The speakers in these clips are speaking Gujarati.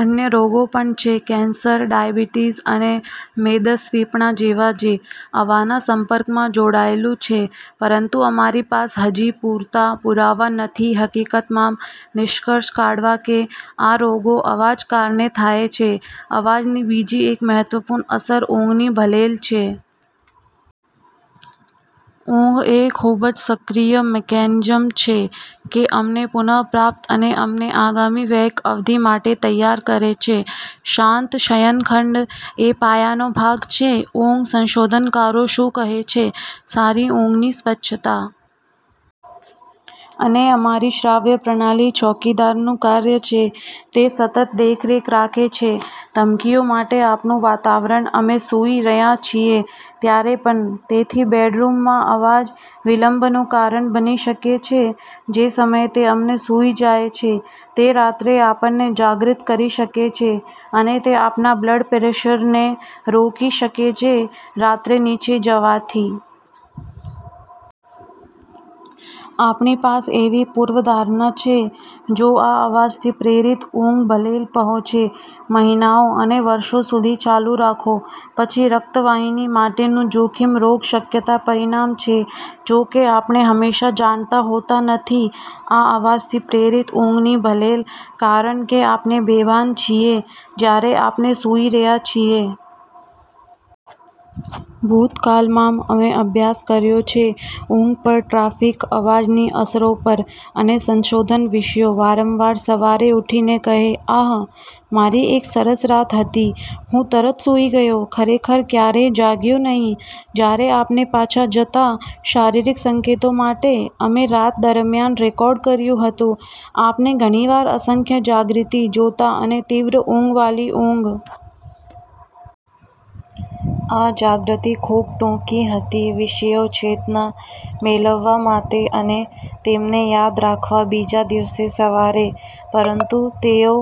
અન્ય રોગો પણ છે કેન્સર, ડાયાબિટીઝ અને મેદસ્વીપણા જેવા જે અવાજના સંપર્કમાં જોડાયેલું છે, પરંતુ અમારી પાસે હજી પૂરતા પુરાવા નથી હકીકતમાં, નિષ્કર્ષ કા. ો કે આ રોગો અવાજ કારણે થાય છે. અવાજની બીજી એક મહત્વપૂર્ણ અસર ઊંઘની ખલેલ છે. ઊંઘ એ ખૂબ જ સક્રિય મિકેનિઝમ છે કે અમને પુન. પ્રાપ્ત અને અમને આગામી વેક અવધિ માટે તૈયાર કરે છે. શાંત શયનખંડ એ પાયાનો ભાગ છે ઊંઘ સંશોધનકારો શું કહે છે "સારી ઊંઘની સ્વચ્છતા. "અને અમારી શ્રાવ્ય પ્રણાલી ચોકીદારનું કાર્ય છે. તે સતત દેખરેખ રાખે છે ધમકીઓ માટે આપણું વાતાવરણ, અમે સૂઈ રહ્યાં છીએ ત્યારે પણ. તેથી બેડરૂમમાં અવાજ વિલંબનું કારણ બની શકે છે જે સમયે તે અમને સૂઈ જાય છે, તે રાત્રે આપણને જાગૃત કરી શકે છે, અને તે આપણા બ્લડ પ્રેશરને રોકી શકે છે રાત્રે નીચે જવાથી. આપણી પાસે એવી પૂર્વધારણા છે જો આ અવાજથી પ્રેરિત ઊંઘ ખલેલ પહોંચે મહિનાઓ અને વર્ષો સુધી ચાલુ રાખો, પછી રક્તવાહિની માટેનું જોખમ રોગ શક્યતા પરિણામ છે. જો કે, આપણે હંમેશાં જાણતા હોતા નથી આ અવાજથી પ્રેરિત ઊંઘની ખલેલ, કારણ કે આપણે બેભાન છીએ જ્યારે આપણે સૂઈ રહ્યા છીએ. ભૂતકાળમાં, અમે અભ્યાસ કર્યો છે ઊંઘ પર ટ્રાફિક અવાજની અસરો પર, અને સંશોધન વિષયો વારંવાર સવારે ઉઠીને કહે, આહ, મારી એક સરસ રાત હતી, હું તરત સૂઈ ગયો, ખરેખર ક્યારેય જાગ્યો નહીં. " જ્યારે આપણે પાછા જતા શારીરિક સંકેતો માટે અમે રાત દરમિયાન રેકોર્ડ કર્યું હતું, આપણે ઘણી વાર અસંખ્ય જાગૃતિ જોતા અને તીવ્ર ઊંઘવાળી ઊંઘ. આ જાગૃતિ ખૂબ ટૂંકી હતી વિષયો ચેતના મેળવવા માટે અને તેમને યાદ રાખવા બીજા દિવસે સવારે, પરંતુ તેઓ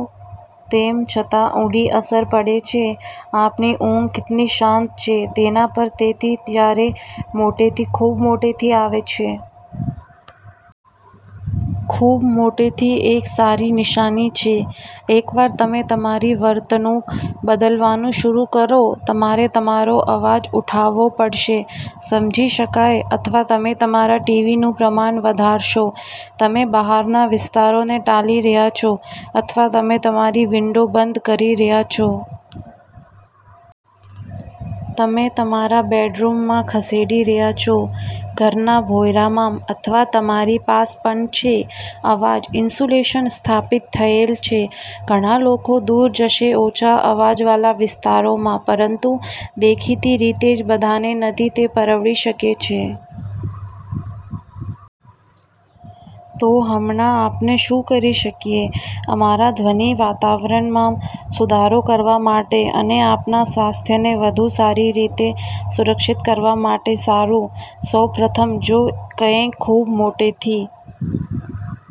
તેમ છતાં ઊંડી અસર પડે છે આપણી ઊંઘ કેટલી શાંત છે તેના પર. તેથી જ્યારે મોટેથી ખૂબ મોટેથી આવે છે? ખૂબ મોટેથી એક સારી નિશાની છે એકવાર તમે તમારી વર્તણૂક બદલવાનું શરૂ કરો. તમારે તમારો અવાજ ઉઠાવવો પડશે સમજી શકાય, અથવા તમે તમારા ટીવીનું પ્રમાણ વધારશો. તમે બહારના વિસ્તારોને ટાળી રહ્યા છો, અથવા તમે તમારી વિંડો બંધ કરી રહ્યાં છો. તમે તમારા બેડરૂમમાં ખસેડી રહ્યા છો ઘરના ભોંયરામાં, અથવા તમારી પાસે પણ છે અવાજ ઇન્સ્યુલેશન સ્થાપિત થયેલ છે. ઘણા લોકો દૂર જશે ઓછા અવાજવાળા વિસ્તારોમાં, પરંતુ દેખીતી રીતે જ બધાને નથી તે પરવડી શકે છે. તો હમણાં આપણે શું કરી શકીએ અમારા ધ્વનિ વાતાવરણમાં સુધારો કરવા માટે અને આપણા સ્વાસ્થ્યને વધુ સારી રીતે સુરક્ષિત કરવા માટે? સારું, સૌ પ્રથમ, જો કંઇક ખૂબ મોટેથી